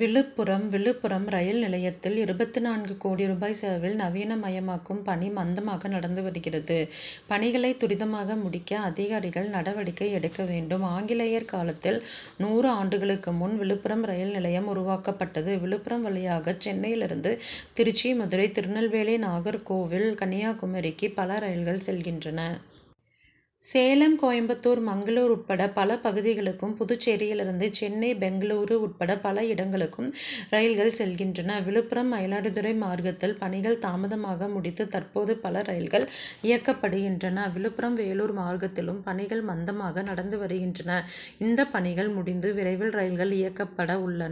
Villupuram Villupuram rail நிலையத்தில் இருபத்து நான்கு கோடி ரூபாய் செலவில் நவீன மயமாக்கும் பணி மந்தமாக நடந்து வருகிறது. பணிகளை துரிதமாக முடிக்க அதிகாரிகள் நடவடிக்கை எடுக்க வேண்டும். ஆங்கிலேயர் காலத்தில் நூறு ஆண்டுகளுக்கு முன் விழுப்புரம் ரயில் நிலையம் உருவாக்கப்பட்டது. விழுப்புரம் வழியாக சென்னையிலிருந்து திருச்சி மதுரை திருநெல்வேலி நாகர் கோவில் கன்னியாகுமரிக்கு பல ரயில்கள் செல்கின்றன. சேலம் கோயம்புத்தூர் மங்களூர் உட்பட பல பகுதிகளுக்கும் புதுச்சேரியிலிருந்து சென்னை பெங்களூரு உட்பட பல இடங்களுக்கும் ரயில்கள் செல்கின்றன. விழுப்புரம் மயிலாடுதுறை மார்க்கத்தில் பணிகள் தாமதமாக முடித்து தற்போது பல ரயில்கள் இயக்கப்படுகின்றன. விழுப்புரம் வேலூர் மார்க்கத்திலும் பணிகள் மந்தமாக நடந்து வருகின்றன. இந்த பணிகள் முடிந்து விரைவில் ரயில்கள் இயக்கப்பட உள்ளன.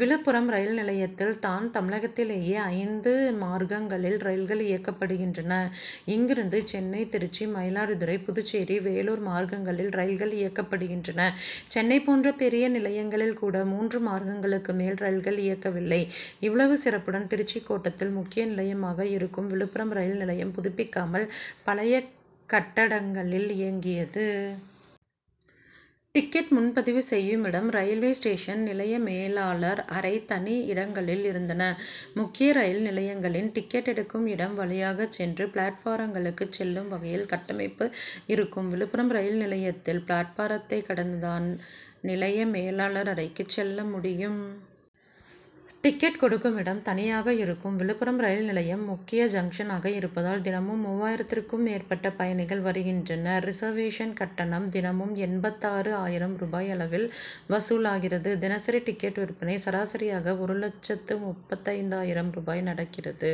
விழுப்புரம் ரயில் நிலையத்தில் தான் தமிழகத்திலேயே ஐந்து மார்க்கங்களில் ரயில்கள் இயக்கப்படுகின்றன. இங்கிருந்து சென்னை திருச்சி மயிலாடுதுறை புதுச்சேரி வேலூர் மார்க்கங்களில் ரயில்கள் இயக்கப்படுகின்றன. சென்னை போன்ற பெரிய நிலையங்களில் கூட மூன்று மார்க்கங்களுக்கு மேல் ரயில்கள் இயக்கவில்லை. இவ்வளவு சிறப்புடன் திருச்சி கோட்டத்தில் முக்கிய நிலையமாக இருக்கும் விழுப்புரம் ரயில் நிலையம் புதுப்பிக்காமல் பழைய கட்டடங்களில் இயங்கியது. டிக்கெட் முன்பதிவு செய்யுமிடம் ரயில்வே ஸ்டேஷன் நிலைய மேலாளர் அறை தனி இடங்களில் இருந்தன. முக்கிய ரயில் நிலையங்களின் டிக்கெட் எடுக்கும் இடம் வழியாக சென்று பிளாட்பாரங்களுக்கு செல்லும் வகையில் கட்டமைப்பு இருக்கும். விழுப்புரம் ரயில் நிலையத்தில் பிளாட்பாரத்தை கடந்து தான் நிலைய மேலாளர் அறைக்கு செல்ல முடியும். டிக்கெட் கொடுக்குமிடம் தனியாக இருக்கும். விழுப்புரம் ரயில் நிலையம் முக்கிய ஜங்ஷனாக இருப்பதால் தினமும் மூவாயிரத்திற்கும் மேற்பட்ட பயணிகள் வருகின்றனர். ரிசர்வேஷன் கட்டணம் தினமும் எண்பத்தாறு ஆயிரம் ரூபாய் அளவில் வசூலாகிறது. தினசரி டிக்கெட் விற்பனை சராசரியாக ஒரு லட்சத்து முப்பத்தைந்து ஆயிரம் ரூபாய் நடக்கிறது.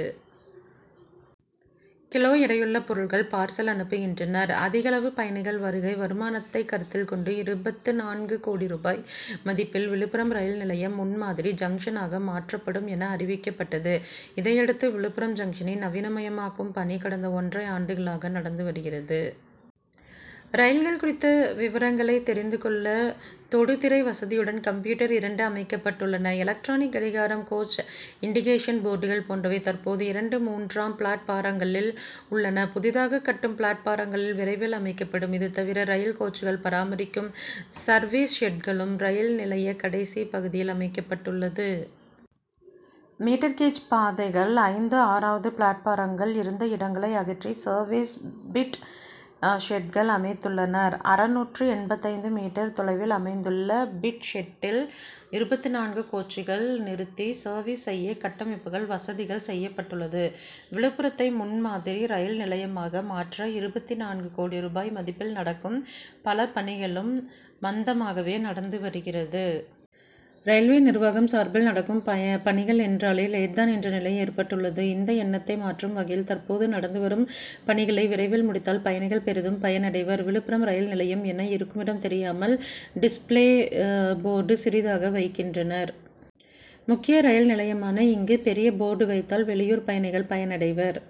கிலோ எடையுள்ள பொருட்கள் பார்சல் அனுப்புகின்றனர். அதிகளவு பயணிகள் வருகை வருமானத்தை கருத்தில் கொண்டு இருபத்து நான்கு கோடி ரூபாய் மதிப்பில் விழுப்புரம் ரயில் நிலையம் முன்மாதிரி ஜங்ஷனாக மாற்றப்படும் என அறிவிக்கப்பட்டது. இதையடுத்து விழுப்புரம் ஜங்ஷனை நவீன மயமாக்கும் பணி கடந்த ஒன்னரை ஆண்டுகளாக நடந்து வருகிறது. ரயில்கள் குறித்த விவரங்களை தெரிந்து கொள்ள தொடுதிரை வசதியுடன் கம்ப்யூட்டர் இரண்டு அமைக்கப்பட்டுள்ளன. எலக்ட்ரானிக் கடிகாரம் கோச் இன்டிகேஷன் போர்டுகள் போன்றவை தற்போது இரண்டு மூன்றாம் பிளாட்பாரங்களில் உள்ளன. புதிதாக கட்டும் பிளாட்பாரங்களில் விரைவில் அமைக்கப்படும். இது தவிர ரயில் கோச்சுகள் பராமரிக்கும் சர்வீஸ் ஷெட்களும் ரயில் நிலைய கடைசி பகுதியில் அமைக்கப்பட்டுள்ளது. மீட்டர் கேஜ் பாதைகள் ஐந்து ஆறாவது பிளாட்பாரங்கள் இருந்த இடங்களை அகற்றி சர்வீஸ் பிட் ஷெட்கள் அமைத்துள்ளனர். அறுநூற்று எண்பத்தைந்து மீட்டர் தொலைவில் அமைத்துள்ள பிட் ஷெட்டில் இருபத்து நான்கு கோச்சுகள் நிறுத்தி சர்வீஸ் செய்ய கட்டமைப்பு வசதிகள் செய்யப்பட்டுள்ளது. விழுப்புரத்தை முன்மாதிரி ரயில் நிலையமாக மாற்ற இருபத்து நான்கு கோடி ரூபாய் மதிப்பில் நடக்கும் பல பணிகளும் மந்தமாகவே நடந்து வருகிறது. ரயில்வே நிர்வாகம் சார்பில் நடக்கும் பணிகள் என்றாலே லேட் தான் என்ற நிலை ஏற்பட்டுள்ளது. இந்த எண்ணத்தை மாற்றும் வகையில் தற்போது நடந்து வரும் பணிகளை விரைவில் முடித்தால் பயணிகள் பெரிதும் பயனடைவர். விழுப்புரம் ரயில் நிலையம் என இருக்குமிடம் தெரியாமல் டிஸ்பிளே போர்டு சிறிதாக வைக்கின்றனர். முக்கிய ரயில் நிலையமான இங்கு பெரிய போர்டு வைத்தால் வெளியூர் பயணிகள் பயனடைவர்.